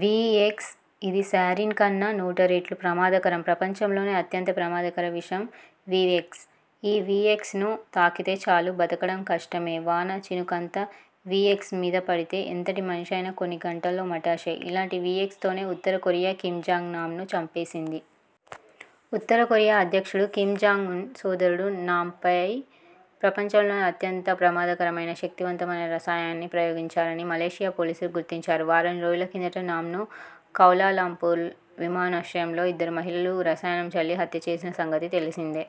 VX. ఇది sarin కన్నా నూట రెట్లు ప్రమాదకరం ప్రపంచంలోనే అత్యంత ప్రమాదకర విషం వీఎక్స్. ఈ వీఎక్స్ ను తాకితే చాలు బతకడం కష్టమే. వాన చినుకంత వీఎక్స్ మీద పడితే ఎంతటి మనిషైనా కొన్ని గంటల్లో మటాషే. ఇలాంటి వీఎక్స్ తోనే ఉత్తర కొరియా కిమ్ జాంగ్ నామ్ ను చంపేసింది. ఉత్తర కొరియా అధ్యక్షుడు కిమ్ జాంగ్ ఉన్ సోదరుడు నామ్ పై ప్రపంచంలోనే అత్యంత ప్రమాదకరమైన, శక్తివంతమైన రసాయనాన్ని ప్రయోగించారని మలేసియా పోలీసులు గుర్తించారు. వారం రోజుల కిందట నామ్ ను కౌలాలంపూల్ విమానాశ్రయంలో ఇద్దరు మహిళలు రసాయనం చల్లి హత్య చేసిన సంగతి తెలిసిందే.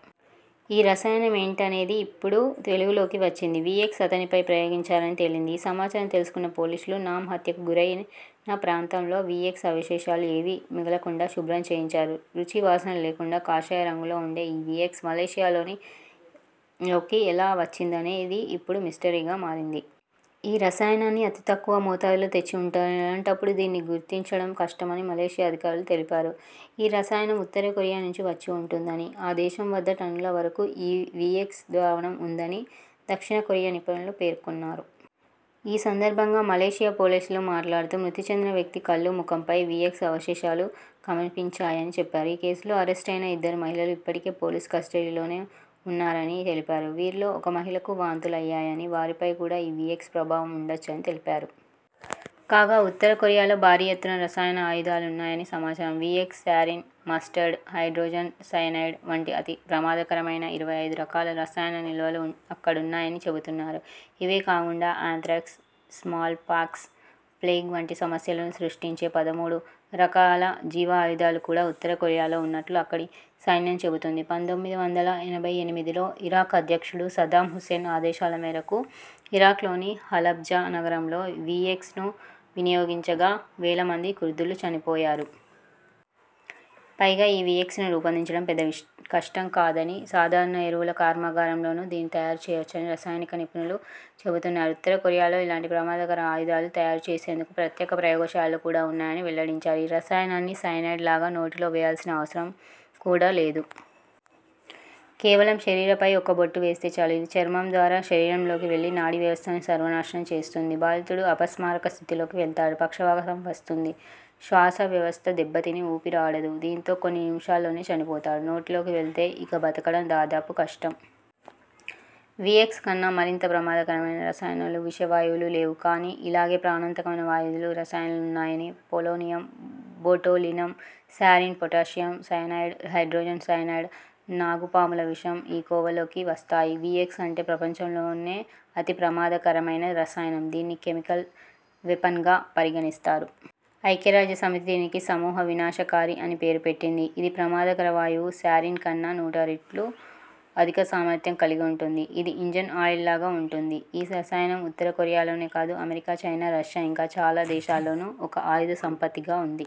ఆ రసాయనం ఏంటనేది ఇప్పుడు వెలుగులోకి వచ్చింది. వీఎక్స్ అతనిపై ప్రయోగించారని తేలింది. ఈ సమాచారం తెలుసుకున్న పోలీసులు నామ్ హత్యకు గురైన ప్రాంతంలో వీఎక్స్ అవశేషాలు ఏవీ మిగలకుండా శుభ్రం చేయించారు. రుచి, వాసన లేకుండా కాషాయ రంగులో ఉండే.. ఈ వీఎక్స్ మలేసియాలోని లోకి ఎలా వచ్చిందనేది ఇప్పుడు మిస్టరీగా మారింది. ఈ రసాయనాన్ని అతి తక్కువ మోతాదులో తెచ్చి ఉంటారని.. అలాంటపుడు దీన్ని గుర్తించడం కష్టమని మలేసియా అధికారులు తెలిపారు. ఈ రసాయనం ఉత్తర కొరియా నుంచే వచ్చి ఉంటుందని, ఆ దేశం వద్ద టన్నుల వరకు ఈ వీఎక్స్ ద్రావణం ఉందని దక్షిణ కొరియా నిపుణులు పేర్కొన్నారు. ఈ సందర్భంగా మలేసియా పోలీసులు మాట్లాడుతూ.. మృతి చెందిన వ్యక్తి కళ్లు, ముఖంపై వీఎక్స్ అవశేషాలు కనిపించాయని చెప్పారు. ఈ కేసులో అరెస్టయిన ఇద్దరు మహిళలూ ఇప్పటికీ పోలీసుల కస్టడీలోనే ఉన్నారని తెలిపారు. వీరిలో ఒక మహిళకు వాంతులయ్యాయని, వారిపై కూడా ఈ వీఎక్స్ ప్రభావం ఉండొచ్చని తెలిపారు. కాగా.. ఉత్తర కొరియాలో భారీ ఎత్తున రసాయన ఆయుధాలున్నాయని సమాచారం. VX, sarin, mustard, hydrogen cyanide వంటి అతి ప్రమాదకరమైన ఇరవై ఐదు రకాల రసాయనాల నిల్వలు అక్కడున్నాయని చెబుతున్నారు ఇవే కాకుండా ఆంత్రాక్స్, స్మాల్ పాక్స్, ప్లేగ్ వంటి సమస్యలను సృష్టించే పదమూడు రకాల జీవ ఆయుధాలు కూడా ఉత్తర కొరియాలో ఉన్నట్లు అక్కడి సైన్యం చెబుతుంది పంతొమ్మిది వందల ఎనభై ఎనిమిదిలో ఇరాక్ అధ్యక్షుడు సద్దాం హుసేన్ ఆదేశాల మేరకు ఇరాక్లోని హలబ్జా నగరంలో వీఎక్స్ ను వినియోగించగా, వేల మంది కుర్దులు చనిపోయారు. పైగా ఈ వీఎక్స్ ను రూపొందించడం పెద్ద విష్ కష్టం కాదని.. సాధారణ ఎరువుల కర్మాగారంలోనూ దీన్ని తయారు చేయొచ్చని రసాయన నిపుణులు చెబుతున్నారు. ఉత్తర కొరియాలో ఇలాంటి ప్రమాదకర ఆయుధాలు తయారు చేసేందుకు ప్రత్యేక ప్రయోగ శాలలు కూడా ఉన్నాయని వెల్లడించారు. ఈ రసాయనాన్ని సయనైడ్ లాగా నోటిలో వేయాల్సిన అవసరం కూడా లేదు. కేవలం శరీరంపై ఒక బొట్టు వేస్తే చాలు, ఇది చర్మం ద్వారా శరీరంలోకి వెళ్లి నాడీ వ్యవస్థను సర్వనాశనం చేస్తుంది. బాధితుడు అపస్మారక స్థితిలోకి వెళ్తాడు. పక్షవాతం వస్తుంది. శ్వాస వ్యవస్థ దెబ్బతిని.. ఊపిరి ఆడదు. దీంతో కొన్ని నిమిషాల్లోనే చనిపోతాడు. నోటిలోకి వెళ్తే, ఇక బతకడం దాదాపు కష్టం. వీఎక్స్ కన్నా మరింత ప్రమాదకరమైన రసాయనాలు, విషవాయువులు లేవు. కానీ ఇలాగే ప్రాణాంతకమైన వాయువులు, రసాయనాలువున్నాయని. Polonium, botulinum, sarin, potassium cyanide, hydrogen cyanide, నాగుపాముల విషం ఈ కోవలోకి వస్తాయి. వీఎక్స్ అంటే..! ప్రపంచంలోనే అతి ప్రమాదకరమైన రసాయనం. దీన్ని కెమికల్ వెపన్గా పరిగణిస్తారు. ఐక్యరాజ్య సమితి దీనికి సమూహ వినాశకారి అని పేరుపెట్టింది. ఇది ప్రమాదకర వాయువు సారిన్ కన్నా నూట రెట్లు అధిక సామర్థ్యం కలిగి ఉంటుంది. ఇది ఇంజిన్ ఆయిల్లాగా ఉంటుంది. ఈ రసాయనం ఉత్తర కొరియా లోనే కాదు.. అమెరికా, చైనా, రష్యా ఇంకా చాలా దేశాల్లోనూ ఒక ఆయుధ సంపత్తిగా ఉంది.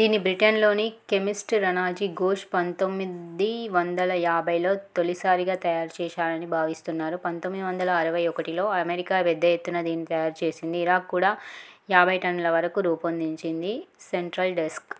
దీన్ని బ్రిటన్లోని కెమిస్ట్ రనాజీ ఘోష్ పంతొమ్మిది వందల యాభైలో తొలిసారిగా తయారు చేశారని భావిస్తున్నారు. పంతొమ్మిది వందల అరవై ఒకటిలో అమెరికా పెద్ద ఎత్తున దీన్ని తయారు చేసింది. ఇరాక్ కూడా యాభై టన్నుల వరకు రూపొందించింది. Central desk